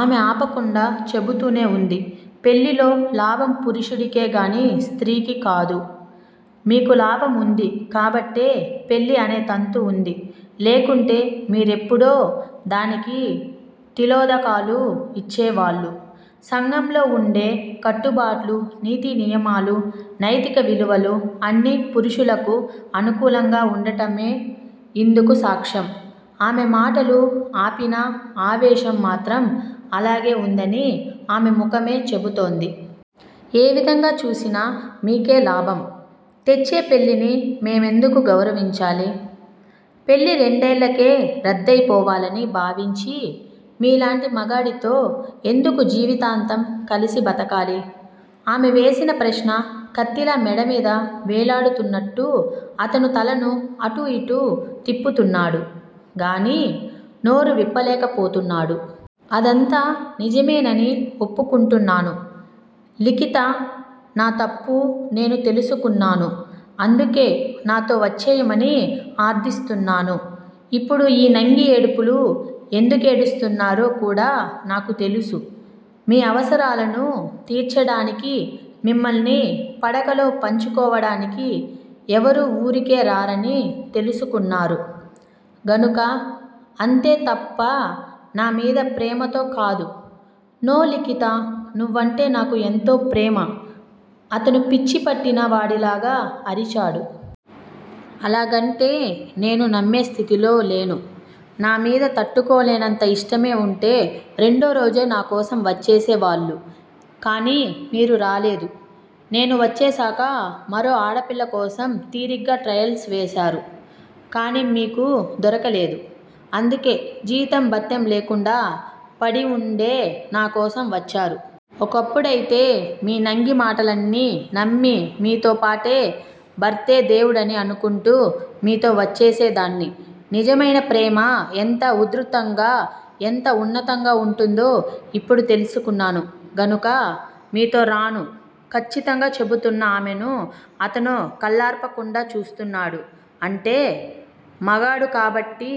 ఆమె ఆపకుండా చెబుతూనే వుంది పెళ్ళిలో లాభం పురుషుడికే గానీ స్త్రీకి కాదు. మీకు లాభం వుంది కాబట్టే పెళ్ళి అనే తంతు వుంది. లేకుంటే మీరెప్పుడో దానికి తిలోదకాలు ఇచ్చేవాళ్ళు సంఘంలో వుండే కట్టుబాట్లు, నీతి నియమాలు, నైతిక విలువలు- అన్నీ పురుషులకు అనుకూలంగా వుండడమే ఇందుకు సాక్ష్యం ఆమె మాటలు ఆపినా ఆవేశం మాత్రం అలాగే వుందని ఆమె ముఖమే చెబుతోంది. ఏ విధంగా చూసినా మీకే లాభం తెచ్చే పెళ్ళిని మేమెందుకు గౌరవించాలి? పెళ్ళి రెండేళ్ళకే రద్దయిపోవాలని భావించే మీలాంటి మగాడితో ఎందుకు జీవితాంతం కలిసి బతకాలి? ఆమె వేసిన ప్రశ్న కత్తిలా మెడమీద వేలాడుతున్నట్టు అతను తలను అటూ ఇటూ తిప్పుతున్నాడు గానీ నోరు విప్పలేకపోతున్నాడు. అదంతా నిజమేనని ఒప్పుకుంటున్నాను లిఖితా నా తప్పు నేను తెలుసుకున్నాను. అందుకే నాతో వచ్చెయ్యమని అర్దిస్తున్నాను ఇప్పుడు ఈ నంగి ఏడుపులు ఎందుకేడుస్తున్నారో కూడా నాకు తెలుసు. మీ అవసరాలను తీర్చడానికి మిమ్మల్ని పడకలో పంచుకోవడానికి ఎవరూ వూరికే రారని తెలుసుకున్నారు గనుక అంతే తప్ప నా మీద ప్రేమతో కాదు నో లిఖితా నువ్వంటే నాకు ఎంతో ప్రేమ అతను పిచ్చి పట్టిన వాడిలాగా అరిచాడు. అలాగంటే నేను నమ్మే స్థితిలో లేను. నామీద తట్టుకోలేనంత ఇష్టమే వుంటే రెండోరోజే నా కోసం వచ్చేసే వాళ్ళు కానీ మీరు రాలేదు. నేను వచ్చేశాక మరో ఆడపిల్ల కోసం తీరిగ్గా ట్రయల్స్ వేశారు. కానీ మీకు దొరకలేదు. అందుకే జీతం, బత్తెం లేకుండా పడివుండే నా కోసం వచ్చారు. ఒకప్పుడైతే మీ నంగి మాటలన్నీ నమ్మి మీతోపాటే, భర్తే దేవుడని అనుకుంటూ మీతో వచ్చేసేదాన్ని. నిజమైన ప్రేమ ఎంత ఉధృతంగా, ఎంత ఉన్నతంగా వుంటుందో ఇప్పుడు తెలుసుకున్నాను గనుక మీతో రాను ఖచ్చితంగా చెబుతున్న ఆమెను అతను కళ్ళార్పకుండా చూస్తున్నాడు. అంటే? మగాడు కాబట్టి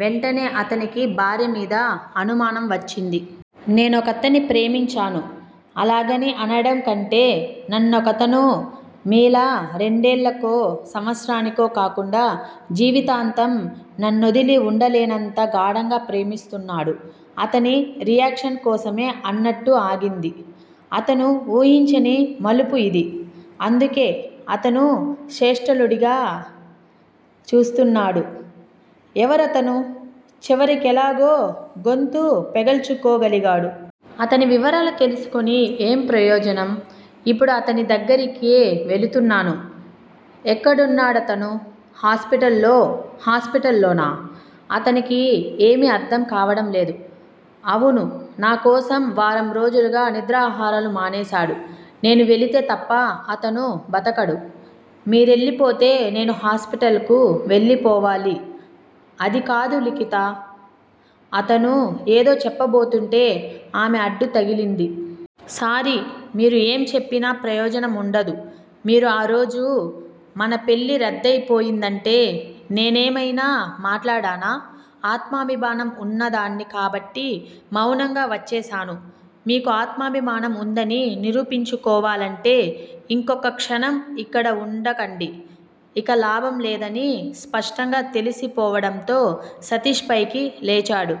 వెంటనే అతనికి భార్యమీద అనుమానం వచ్చింది. నేను ఒకతన్ని ప్రేమించాను. అలాగని అనడం కంటే నన్నొకతను మీలా రెండేళ్ళకో, సంవత్సరానికో కాకుండా జీవితాంతం నన్నొదిలి వుండలేనంత గాఢంగా ప్రేమిస్తున్నాడు అతని రియాక్షన్ కోసమే అన్నట్టు ఆగింది. అతను వూహించని మలుపు ఇది. అందుకే అతను చేష్టలుడిగి చూస్తున్నాడు. ఎవరతను? చివరికెలాగో గొంతు పెగల్చుకోగలిగాడు. అతని వివరాలు తెలుసుకొని ఏం ప్రయోజనం? ఇప్పుడు అతని దగ్గరికే వెళుతున్నాను ఎక్కడున్నాడతను? హాస్పిటల్ లో హాస్పిటల్ లోనా? అతనికి ఏమీ అర్ధం కావడం లేదు. అవును- నాకోసం వారం రోజులుగా నిద్రాహారాలు మానేశాడు. నేను వెళితే తప్ప అతను బతకడు. మీరెళ్ళిపోతే నేను హాస్పిటల్ కు వెళ్ళిపోవాలి అది కాదు లిఖితా అతను ఏదో చెప్పబోతుంటే ఆమె అడ్డు తగిలింది. సారీ- మీరు ఏం చెప్పినా ప్రయోజనం వుండదు. మీరు ఆ రోజు మన పెళ్ళి రద్దయి పోయిందంటే నేనేమైనా మాట్లాడానా? ఆత్మాభిమానం వున్న దాన్ని కాబట్టి మౌనంగా వచ్చేశాను. మీకూ ఆత్మాభిమానం వుందని నిరూపించుకోవాలంటే ఇంకొక్క క్షణం ఇక్కడ వుండకండి ఇక లాభం లేదని స్పష్టంగా తెలిసిపోవడంతో సతీష్ పైకి లేచాడు.